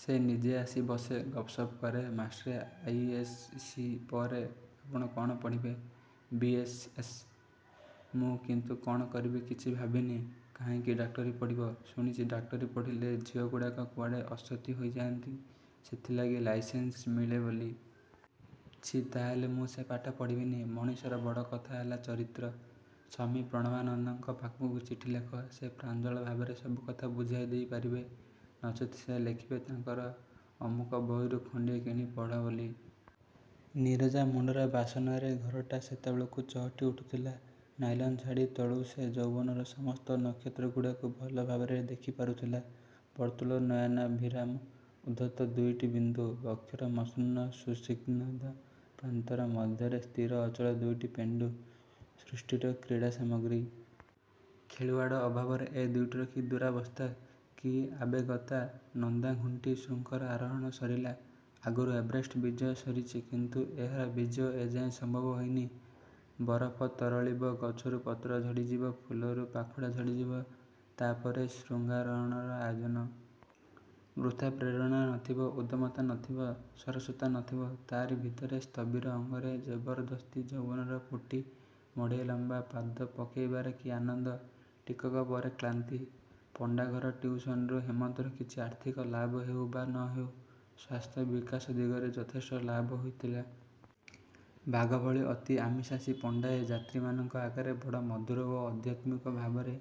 ସେ ନିଜେ ଆସି ବସେ, ଗପ ସପ କରେ ମାଷ୍ଟ୍ରେ ଆଇ ଏସ୍ ସି ପରେ ଆପଣ କ'ଣ ପଢ଼ିବେ? B S S. ମୁଁ କିନ୍ତୁ କ'ଣ କରିବି କିଛି ଭାବିନି। କାହିଁକି ଡାକ୍ତରୀ ପଢ଼ିବ। ଶୁଣିଚି, ଡାକ୍ତରୀ ପଢ଼ିଲେ ଝିଅଗୁଡ଼ାକ କୁଆଡ଼େ ଅସତୀ ହୋଇଯାଆନ୍ତି, ସେଥିଲାଗି ଲାଇସେନ୍ସ ମିଳେ ବୋଲି। ଛି ତାହାହେଲେ, ମୁଁ ସେ ପାଠ ପଢ଼ିବିନି। ମଣିଷର ବଡ଼ କଥା ହେଲା ଚରିତ୍ର ସ୍ୱାମୀ ପ୍ରଣବାନନ୍ଦଙ୍କ ପାଖକୁ ଚିଠି ଲେଖ ସେ ପ୍ରାଞ୍ଜଳ ଭାବରେ ସବୁ କଥା ବୁଝାଇ ଦେଇ ପାରିବେ। ନଚେତ ସେ ଲେଖିବେ ତାଙ୍କର ଅମୁକ ବହିରୁ ଖଣ୍ଡିଏ କିଣି ପଢ଼ ବୋଲି। ନିରୋଜା ମୁଣ୍ଡର ବାସନାରେ ଘରଟା ସେତେବେଳକୁ ଚହଟି ଉଠୁଥିଲା। ନାଇଲନ ଶାଢ଼ୀ ତଳୁ ସେ ଯୌବନର ସମସ୍ତ ନକ୍ଷତ୍ରଗୁଡ଼ାକୁ ଭଲ ଭାବରେ ଦେଖି ପାରୁଥିଲା। ବର୍ତ୍ତୁଳ ନୟନାଭିରାମ ଉଦ୍ଧତ ଦୁଇଟି ବିନ୍ଦୁ। ବକ୍ଷର ମସୃଣ ସୁସ୍ନିଗ୍ଧ ପ୍ରାନ୍ତର ମଧ୍ୟରେ ସ୍ଥିର ଅଚଳ ଦୁଇଟି ପେଣ୍ଡୁ। ସୃଷ୍ଟିର କ୍ରୀଡ଼ାସାମଗ୍ରୀ। ଖେଳୁଆଡ଼ ଅଭାବରେ ଏ ଦୁଇଟିର କି ଦୂରବସ୍ଥା! କି ଆବେଗତା, ନନ୍ଦାଙ୍ଘୁଟି ଶୃଙ୍ଗର ଆରୋହଣ ସରିଲା, ଆଗରୁ ଏଭେରେଷ୍ଟ୍ ବିଜୟ ସରିଚି କିନ୍ତୁ ଏହାର ବିଜୟ ଏଯାଏଁ ସମ୍ଭବ ହୋଇନି। ବରଫତରଳିବ, ଗଛରୁ ପତ୍ର ଝଡ଼ିଯିବ, ଫୁଲରୁ ପାଖୁଡ଼ା ଝଡ଼ିଯିବ, ତା ପରେ ଶୃଙ୍ଗାରୋହଣର ଆୟୋଜନ? ବୃଥା ପ୍ରେରଣା ନଥିବ, ଉଦ୍ଦମତା ନ ଥିବ, ସରସତା ନଥିବ, ତାରି ଭିତରେ ସ୍ଥବିର ଅଙ୍ଗରେ ଜବରଦସ୍ତି ଯୌବନର ପୁଟି ମଡ଼େଇ ଲମ୍ବା ପାଦ ପକେଇବାରେ କି ଆନନ୍ଦ। ଟିକକ ପରେ କ୍ଲାନ୍ତି। ପଣ୍ଡା ଘର ଟିଉସନରୁ ହେମନ୍ତର କିଛି ଆର୍ଥିକ ଲାଭ ହେଉ ବା ନହେଉ, ସ୍ୱାସ୍ଥ୍ୟ ବିକାଶ ଦିଗରେ ଯଥେଷ୍ଟ ଲାଭ ହୋଇଥିଲା। ବାଘ ଭଳି ଅତି ଆମିଷାଶୀ ପଣ୍ଡାଏ, ଯାତ୍ରୀମାନଙ୍କ ଆଗରେ ବଡ଼ ମଧୁର ଓ ଅଧ୍ୟାତ୍ମିକ ଭାବରେ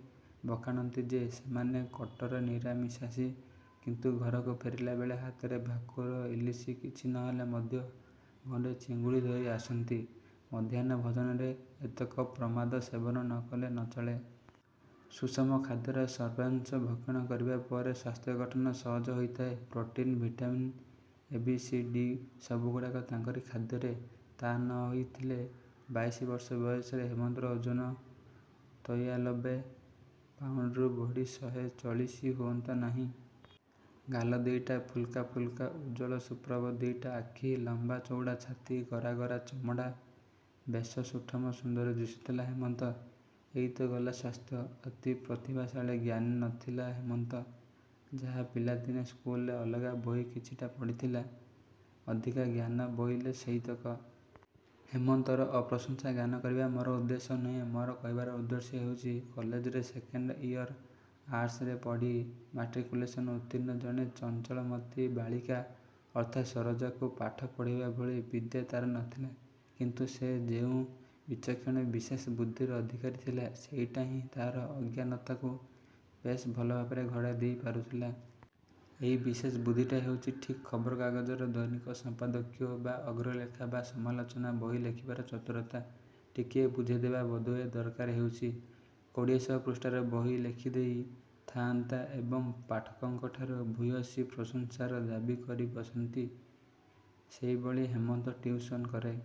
ବଖାଣନ୍ତି ଯେ, ସେମାନେ କଟ୍ଟର ନିରାମିଷାଶୀ କିନ୍ତୁ ଘରକୁ ଫେରିଲାବେଳେ ହାତରେ ଭାକୁର, ଇଲିସ କିଛି ନହେଲେ ମଧ୍ୟ ଗଣ୍ଡେ ଚିଙ୍ଗୁଡ଼ି ଧରି ଆସନ୍ତି। ମଧ୍ୟାହ୍ନ ଭୋଜନରେ ଏତକ ପ୍ରମାଦ ସେବନ ନ କଲେ ନ ଚଳେ। ସୁଷମ ଖାଦ୍ୟର ସର୍ବାଂଶ ଭକ୍ଷଣ କରିବା ପରେ ସ୍ୱାସ୍ଥ୍ୟଗଠନ ସହଜେ ହୋଇ ଥାଏ। Protein, vitamin, A B C D ସବୁଗୁଡ଼ାକ ତାଙ୍କରି ଖାଦ୍ୟରେ। ତା'ନହୋଇ ଥିଲେ, ବାଇସି ବର୍ଷ ବୟସରେ ହେମନ୍ତର ଓଜନ ତୈଇଆଲବେ ପାଉଣ୍ଡରୁ ବଢ଼ି ଶହେ ଚଳିଶି ହୁଅନ୍ତା ନାହିଁ। ଗାଲ ଦିଇଟା ଫୁଲକା ଫୁଲକା, ଉଜ୍ଜ୍ୱଳ ସୁପ୍ରଭ ଦିଇଟା ଆଖି, ଲମ୍ବା ଚଉଡ଼ାଛାତି, ଗୋରା ଗୋରା ଚମଡ଼ା। ବେଶ ସୁଠମ ସୁନ୍ଦର ଦିଶୁଥିଲା ହେମନ୍ତ। ଏଇତ ଗଲା ସ୍ୱାସ୍ଥ୍ୟ! ଅତି ପ୍ରତିଭାଶାଳୀ ଜ୍ଞାନୀ ନଥିଲା ହେମନ୍ତ। ଯାହା ପିଲାଦିନେ ସ୍କୁଲରେ ଅଲଗା ବହି କିଛିଟା ପଢ଼ିଥିଲା, ଅଧିକା ଜ୍ଞାନ ବୋଇଲେ ସେଇତକ। ହେମନ୍ତର ଅପ୍ରଶଂସା ଗାନ କରିବା ମୋର ଉଦ୍ଦେଶ୍ୟ ନୁହେଁ। ମୋର କହିବାର ଉଦ୍ଦେଶ୍ୟ ହେଉଛି, କଲେଜର ସେକେଣ୍ଡ ଇଅର ଆର୍ଟସରେ ପଢ଼ି, ମାଟ୍ରିକୁଂଲେସନ ଉତ୍ତୀର୍ଣ୍ଣ ଜଣେ ଚଞ୍ଚଳମତି ବାଳିକା ଅର୍ଥାତ୍ ସରୋଜାକୁ ପାଠ ପଢ଼େଇବା ଭଳି ବିଦ୍ୟା ତାର ନଥିଲା କିନ୍ତୁ ସେ ଯେଉଁ ବିଚକ୍ଷଣ ବିଶେଷ ବୁଦ୍ଧିର ଅଧିକାରୀ ଥିଲା, ସେଇଟାହିଁ ତାର ଅଜ୍ଞାନତାକୁ ବେଶ ଭଲ ଭାବରେ ଘୋଡ଼ାଇ ଦେଇ ପାରୁଥିଲା। ଏହି ବିଶେଷ ବୁଦ୍ଧିଟା ହେଉଚି ଠିକ୍ ଖବର କାଗଜର ଦୈନିକ ସଂପାଦକୀୟ ବା ଅଗ୍ରଲେଖା ବା ସମାଲୋଚନା ବହି ଲେଖିବାର ଚତୁରତା। ଟିକିଏ ବୁଝେଇଦେବା ବୋଧହୁଏ ଦରକାର ହେଉଚି। କୋଡିଏଶହ ପୃଷ୍ଠାର ବହି ଲେଖି ଦେଇ ଥାଆନ୍ତା ଏବଂ ପାଠକଙ୍କଠାରୁ "ଭୂୟସୀ ପ୍ରଶଂସା"ର ଦାବୀ କରି ବସନ୍ତି, ସେହିଭଳି ହେମନ୍ତ ଟିଉସନ କରେ।